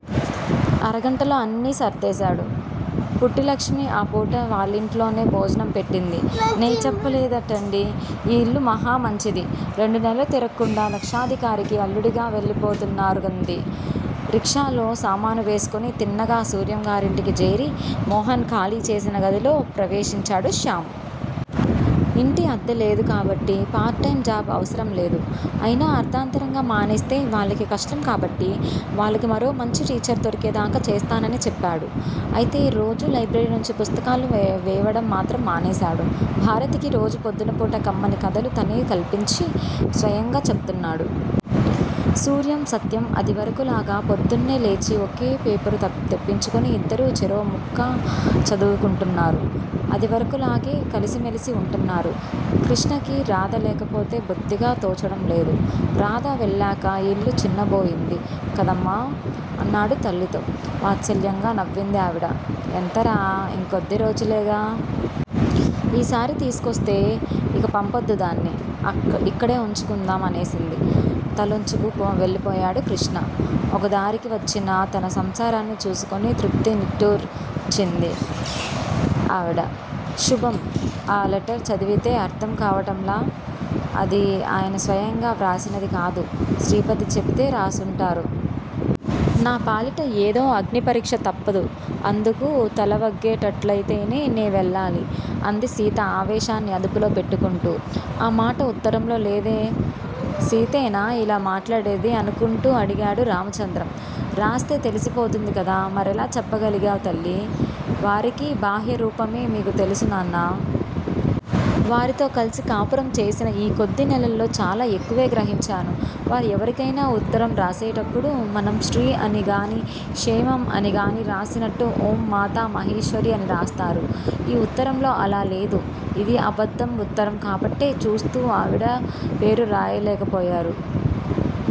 అరగంటలో అన్నీ సర్దేశాడు. పుట్టిలక్ష్మి ఆ పూట వాళ్ళింటిలోనే భోజనం పెట్టింది నే చెప్పలేదటండీ, ఈ యిల్లు మహా మంచిది. రెండు నెలలు తిరక్కుండా లక్షాధికారికి అల్లుడిగా వెళ్ళిపోతున్నారు అంది. రిక్షాలో సామానువేసుకుని తిన్నగా సూర్యం గారింటికి జేరి మోహన్ ఖాళీ చేసిన గదిలో ప్రవేశించాడు శ్యామ్. ఇంటి అద్దె లేదు కాబట్టి పార్ట్ టైం జాబ్ అవసరంలేదు. అయినా అర్థాంతరంగా మానేస్తే వాళ్ళకి కష్టం కాబట్టి వాళ్ళకి మరో మంచి టీచర్ దొరికేదాకా చేస్తానని చెప్పాడు. అయితే రోజూ లైబ్రరీనించి పుస్తకాలు వేవడం మాత్రం మానేసాడు. భారతికి రోజు పొద్దున పూట కమ్మని కథలు తనే కల్పించి స్వయంగా చెప్తున్నాడు. సూర్యం, సత్యం అదివరకులాగా పొద్దున్నే లేచి ఒకే పేపరు తెప్పించుకుని యిద్దరూ చెరో ముక్కా చదువుకుంటున్నారు. అదివరకులాగే కలిసిమెలిసి ఉంటున్నారు. క్రిష్ణకి రాధ లేకపోతే బొత్తిగా తోచడంలేదు. రాధ వెళ్ళాక యిల్లు చిన్నబోయింది కదమ్మా! అన్నాడు తల్లితో. వాత్సల్యంగా నవ్వింది ఆవిడ. ఎంతరా! ఇంకొద్ది రోజులేగా. ఈసారి తీసుకొస్తే యిక పంపొద్దు దాన్ని. ఇక్కడే ఉంచుకుందాం అనేసింది. తలొంచుకు వెళ్ళిపోయాడు కృష్ణ. ఒకదారికి వచ్చిన తన సంసారాన్ని చూసుకుని తృప్తి నిట్టూర్చింది ఆవిడ. శుభం అ లెటర్ చదివితే అర్ధం కావటంలా? అది అయన స్వయంగా వ్రాసినది కాదు. శ్రీపతి చెపితే రాసుంటారు. నా పాలిట ఏదో అగ్ని పరిక్ష తప్పదు. అందుకు తలవగ్గేటట్లయితేనే నే వెళ్ళాలి. అంది సీత ఆవేశాన్ని అదుపులో పెట్టుకుంటూ. ఆ మాట ఉత్తరంలో లేదే? సీతేనా ఇలా మాట్లాడేది అనుకుంటూ అడిగాడు రామచంద్రం. రాస్తే తెలిసిపోతుంది కదా? మరెలా చెప్పగాలిగావ్ తల్లి? వారికీ బాహ్య రూపమే మీకు తెలుసు నాన్నా! వారితో కల్సి కాపురం చేసిన ఈ కొద్ది నెలల్లో చాలా ఎక్కువే గ్రహించాను. వారు ఎవరికైనా ఉత్తరం రాసేటప్పుడు, మనం శ్రీ అని గాని క్షేమం అని గాని రాసినట్టు ఓం మాతా మహేశ్వరీ అని రాస్తారు. ఈ ఉత్తరంలో అలా లేదు. ఇది అబద్దం ఉత్తరం కాబట్టే చూస్తూ ఆవిడ పేరు రాయలేకపోయారు.